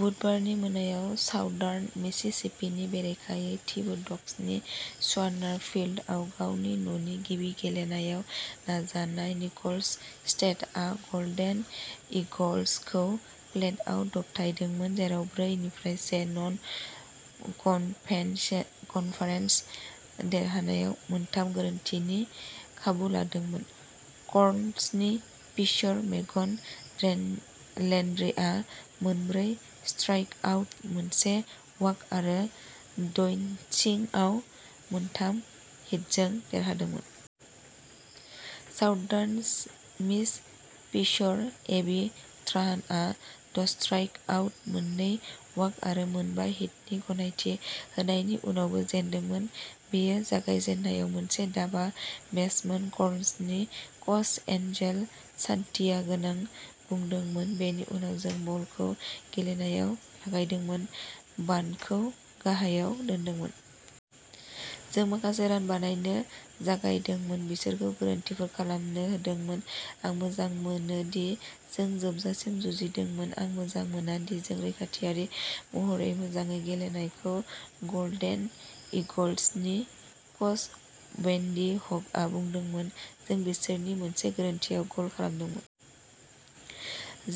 बुधबारनि मोनायाव साउदार्न मिसिसिपिनि बेरेखायै थिबोड'क्सनि स्वानार फील्डआव गावनि न'नि गिबि गेलेनायाव नाजानाय। निकल्स स्टेटआ गल्डेन ईगल्सखौ प्लेटआव दबथायदोंमोन, जेराव ब्रै निफ्राय से नन कन भेन्स कन्फेरेन्स देरहानायाव मोनथाम गोरोन्थिनि खाबु लादोंमोन। कर्नल्सनि पिचर मेगन लेन्ड्रिआ मोनब्रै स्ट्राइकआउट, मोनसे वाक आरो द'इन्निंसआव मोनथाम हिटजों देरहादोंमोन। साउदार्न मिस पिचर एबि ट्राहानआ द'स्ट्राइकआउट, मोननै वाक आरो मोनबा हिटनि गनायथि होनायनि उनावबो जेनदोंमोन। बेयो जागायजेननायाव मोनसे दाबा मेचमोन कर्नल्सनि कच एन्जेल सान्टियागोआ बुंदोंमोन। बेनि उनाव जों बलखौ गेलेनायाव लागायदोंमोन, बान्टखौ गाहायाव दोनदोंमोन। जों माखासे रान बानायनो जागायदोंमोन, बिसोरखौ गोरोन्थिफोर खालामनो होदोंमोन। आं मोजां मोनोदि जों जोबजासिम जुजिदोंमोन। आं मोजां मोना दि जों रैखाथियारि महरै मोजाङै गेलेयाखैमोन गल्डेन ईगल्सनि कच वेन्डी ह'गआ बुंदोंमोन। जों बिसोरनि मोनसे गोरोन्थिआव गल खालामदोंमोन।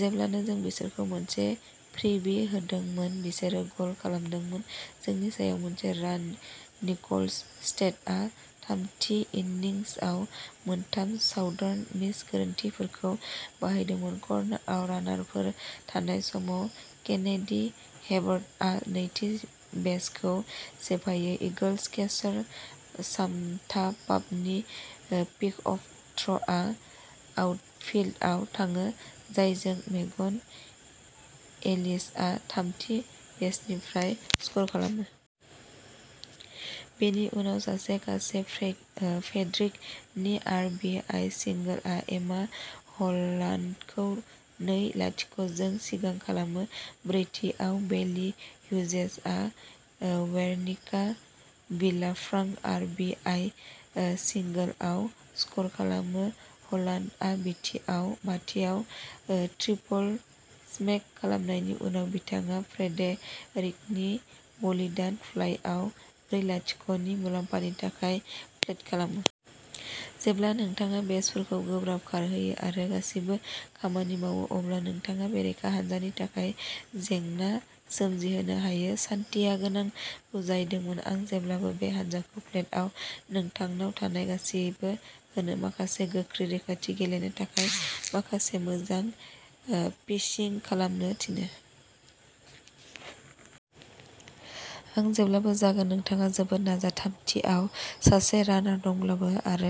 जेब्लानो जों बिसोरखौ मोनसे फ्रीबी होदोंमोन, बिसोरो गल खालामदोंमोन। जोंनि सायाव मोनसे रान निकल्स स्टेटआ थामथि इन्निंसआव मोनथाम साउदार्न मिस गोरोन्थिफोरखौ बाहायदोंमोन। कर्नारआव रानारफोर थानाय समाव, केनेडी हेबर्टआ नैथि बेसखौ सेफायो। ईगल्स केचार सामन्था पापनि पिकअफ थ्र'आ आउटफील्डआव थाङो, जायजों मेगन एलिसआ थामथि बेसनिफ्राय स्क'र खालामो। बेनि उनाव सासे कासे फ्रेड फ्रेड्रिक नि आर बि आइ सिंगोलआ एमा हलान्डखौ नै लाथिक' जों सिगां खालामो। ब्रैथिआव, बेली ह्यूजेसआ ओ वेरनिका विलाफ्रांक' आर बि आइ ओ सिंगोलआव स्क'र खालामो। हलान्डआ बाथिआव ट्रिपल स्मेक खालामनायनि उनाव, बिथाङा फ्रेडेरिकनि बलिदान फ्लाइआव ब्रै लाथिक' नि मुलाम्फानि थाखाय प्ले'ट खालामो। जेब्ला नोंथाङा बेसफोरखौ गोब्राब खारहोयो आरो गासिबो खामानि मावो, अब्ला नोंथाङा बेरेखा हान्जानि थाखाय जेंना सोमजिहोनो हायो सान्टियागोआ बुजायदोंमोन। आं जेब्लाबो बे हान्जाखौ प्लेटआव नोंथांनाव थानाय गासिबो होनो, माखासे गोख्रों रैखाथि गेलेनो आरो माखासे मोजां पिचिंग खालामनो थिनो। आं जेब्लाबो जागोन। नोंथाङा जोबोद नाजा। थामथिआव सासे रानार दंब्लाबो आरो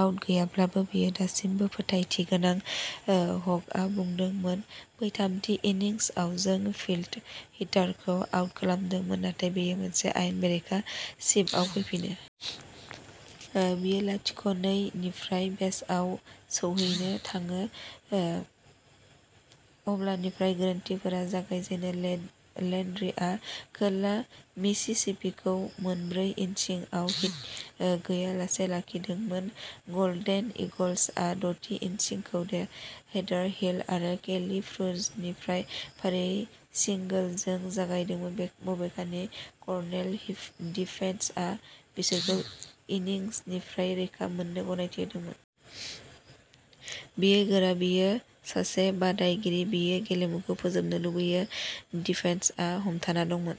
आउट गैयाब्लाबो, बियो दासिमबो फोथायथि गोनां ओ हगआ बुंदोंमोन। बै थामथि इन्निंसआव, जों लिडअफ हिटारखौ आउट खालामदोंमोन, नाथाय बेयो मोनसे आयेन बेरेखा पिचआव फैफिनो। ओ बियो लाथिक' नै निफ्राय बेसआव सौहैनो थाङो। ओ अब्लानिफ्राय गोरोन्थिफोरा जागायजेनो। लेन्ड्रिआ खोला मिसिसिपिखौ मोनब्रै इन्निंसआव हिट गैयालासे लाखिदोंमोन। गल्डेन ईगल्सआ द'थि इन्निंसखौ हेदार हिल आरो केली फ्रुजनिफ्राय फारियै सिंगोलजों जागायदोंमोन। बबेखानि कर्नेल डिफेन्सआ बिसोरखौ इनिंसनिफ्राय रैखा मोननो गनायथि होदोंमोन। बियो गोरा, बियो सासे बादायगिरि बियो गेलेमुखौ फोजोबनो लुबैयो। डिफेन्सआ हमथाना दंमोन।